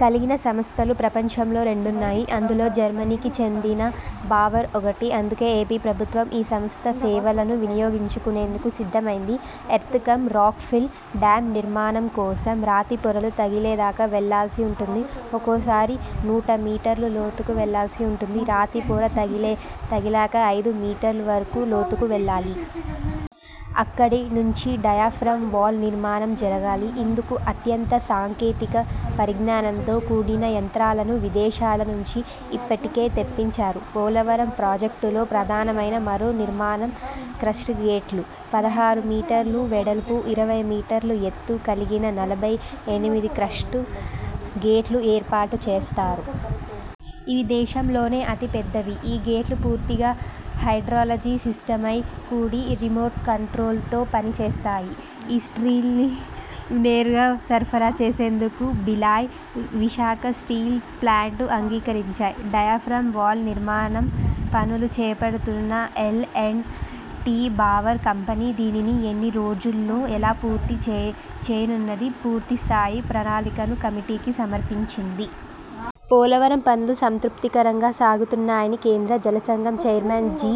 కలిగిన సంస్థలు ప్రపంచంలో రెండే ఉన్నాయి. అందులో జర్మనీకి చెందిన బావర్ ఒకటి. అందుకే ఏపీ ప్రభుత్వం ఈ సంస్థ సేవలను వినియోగించుకునేందుకు సిద్ధమైంది. Earth cum rock fill dam నిర్మాణం కోసం రాతి పొరలు తగిలేదాకా వెళ్లాల్సి ఉంటుంది. ఒక్కోసారి నూట మీటర్ల లోతుకూ వెళ్లాల్సి ఉంటుంది రాతిపొర తగిలాక ఐదు మీటర్ల వరకూ లోతుకు వెళ్లాలి. అక్కడి నుంచి డయాఫ్రాం వాల్ నిర్మాణం జరగాలి. ఇందుకు అత్యంత సాంకేతిక పరిజ్ఞానంతో కూడిన యంత్రాలను విదేశాల నుంచి ఇప్పటికే తెప్పించారు. పోలవరం ప్రాజెక్టులో ప్రధానమైన మరో నిర్మాణం క్రస్ట్ గేట్లు. పదహారు మీటర్ల వెడల్పు, ఇరవై మీటర్ల ఎత్తు కలిగిన నలభై ఎనిమిది క్రస్ట్ గేట్లు ఏర్పాటు చేస్తారు. ఇవి దేశంలోనే అతి పెద్దవి. ఈ గేట్లు పూర్తిగా హైడ్రాలజీ సిస్టమ్తో కూడి రిమోట్ కంట్రోల్తో పని చేస్తాయి. ఈ స్టీల్ను నేరుగా సరఫరా చేసేందుకు బిలాయ్, విశాఖ స్టీల్ ప్లాంట్లు అంగీకరించాయి. డయాఫ్రాం వాల్ నిర్మాణ పనులు చేపడుతున్న L and T Bauer company దీనిని ఎన్ని రోజుల్లో ఎలా పూర్తి చేయనున్నదీ పూర్తి స్థాయి ప్రణాళికను కమిటీకి సమర్పించింది. పోలవరం పనులు సంతృప్తికరంగా సాగుతున్నాయని కేంద్ర జలసంఘం ఛైర్మన్ జి.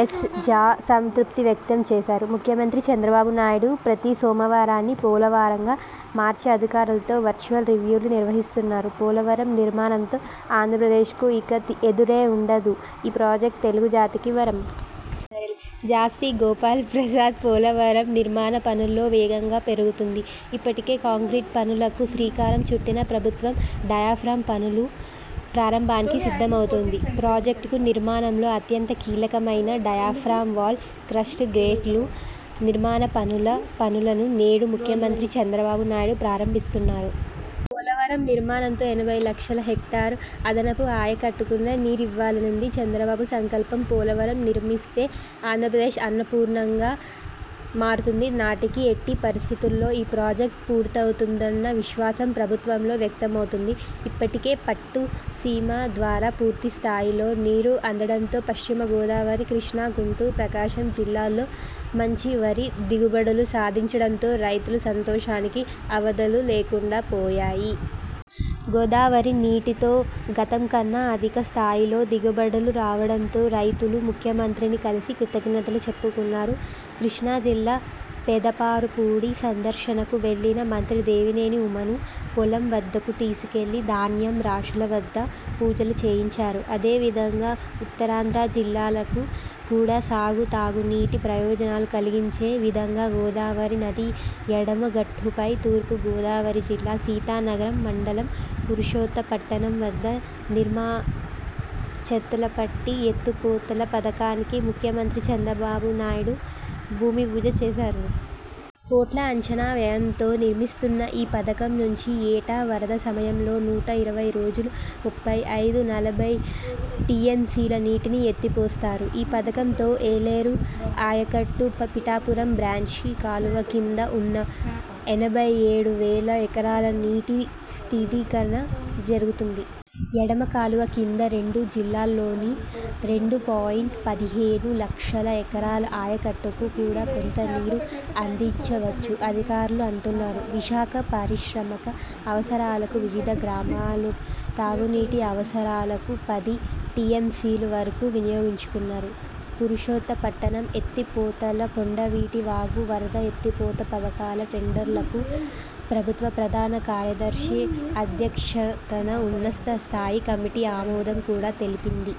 ఎస్. ఝా సంతృప్తి వ్యక్తం చేశారు. ముఖ్యమంత్రి చంద్రబాబునాయడు ప్రతి సోమవారాన్ని పోల'వారం'గా మార్చి అధికారులతో వర్చువల్ రివ్యూలు నిర్వహిస్తున్నారు. పోలవరం నిర్మాణంతో ఆంధ్రప్రదేశ్కు ఇక ఎదురే ఉండదు. ఈ ప్రాజెక్టు తెలుగు జాతికి వరం. జాస్తి గోపాల ప్రసాద్ పోలవరం నిర్మాణ పనుల్లో వేగం పెరుగుతోంది. ఇప్పటికే కాంక్రీట్ పనులకు శ్రీకారం చుట్టిన ప్రభుత్వం డయాఫ్రాం పనుల ప్రారంభానికి సిద్ధమవుతోంది. ప్రాజెక్టు నిర్మాణంలో అత్యంత కీలకమైన డయాఫ్రాంవాల్, క్రస్ట్ గేట్ల నిర్మాణ పనుల పనులను నేడు ముఖ్యమంత్రి చంద్రబాబు నాయుడు ప్రారంభిస్తున్నారు. పోలవరం నిర్మాణంతో ఎనభైల క్షల హెక్టార్ల అదనపు ఆయకట్టుకు నీరివ్వాలన్నది చంద్రబాబు సంకల్పం. పోలవరం నిర్మిస్తే ఆంధ్రప్రదేశ్ అన్నపూర్ణగా మారుతుంది. నాటికి ఎట్టి పరిస్థితుల్లో ఈ ప్రాజెక్టు పూర్తవుతుందన్న విశ్వాసం ప్రభుత్వంలో వ్యక్తమవుతోంది. ఇప్పటికే పట్టు సీమ ద్వారా పూర్తి స్థాయిలో నీరు అందడంతో, పశ్చిమ గోదావరి, కృష్ణా, గుంటూరు, ప్రకాశం జిల్లాల్లో మంచి వరి దిగుబడులు సాధించడంతో రైతుల సంతోషానికి అవధులు లేకుండా పోయాయి. గోదావరి నీటితో గతంకన్నా అధిక స్థాయిలో దిగుబడులు రావడంతో రైతులు ముఖ్యమంత్రిని కలిసి కృతజ్ఞతలు చెప్పుకున్నారు. కృష్ణాజిల్లా పెదపారుపూడి సందర్శనకు వెళ్లిన మంత్రి దేవినేని ఉమను పొలం వద్దకు తీసుకెళ్లి ధాన్యం రాశుల వద్ద పూజలు చేయించారు. అదే విధంగా ఉత్తరాంధ్ర జిల్లాలకు కూడా సాగు, తాగునీటి ప్రయోజనాలు కలిగించే విధంగా గోదావరి నది ఎడమ గట్టుపై తూర్పుగోదావరి జిల్లా సీతానగరం మండలం పురుషోత్త పట్నం వద్ద నిర్మించతలపెట్టిన ఎత్తిపోతల పథకానికి ముఖ్యమంత్రి చంద్రబాబు భూమిపూజ చేశారు.. కోట్ల అంచనా వ్యయంతో నిర్మిస్తున్న ఈ పథకం నుంచి ఏటా వరద సమయంలో నూట ఇరవై రోజుల్లో ముప్పై ఐదు, నలభై టీఎంసీల నీటిని ఎత్తిపోస్తారు. ఈ పథకంతో ఏలేరు ఆయకట్టు, పిఠాపురం బ్రాంచి కాలువ కింద ఉన్న ఎనభై ఏడు వేల ఎకరాలకు నీటి స్థిరీకరణ జరుగుతుంది. ఎడమ కాలువ కింద రెండు జిల్లాల్లోని రెండు పాయింట్ పదిహేను లక్షల ఎకరాల ఆయకట్టుకు కూడా కొంత నీరు అందించవచ్చని అధికారులు అంటున్నారు. విశాఖ పారిశ్రామిక అవసరాలకు, వివిధ గ్రామాల తాగునీటి అవసరాలకు పది టీఎంసీల వరకు వినియోగించనున్నారు. పురుషోత్తపట్నం ఎత్తిపోతల, కొండవీటి వాగు వరద ఎత్తిపోత పథకాల టెండర్లకు ప్రభుత్వ ప్రధాన కార్యదర్శి అధ్యక్షతన ఉన్నతస్థాయి కమిటీ ఆమోదం కూడా తెలిపింది.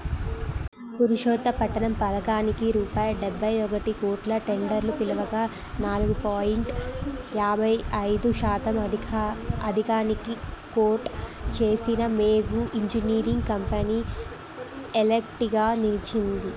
పురుషోత్త పట్నం పథకానికి రూ..డెబ్బై ఒకటి కోట్లతో టెండర్లు పిలవగా నాలుగు పాయింట్ యాభై ఐదు శాతం అధికానికి కోట్ చేసిన మేఘా ఇంజినీరింగు కంపెనీ ఎల్ఒకటిగా నిలిచింది.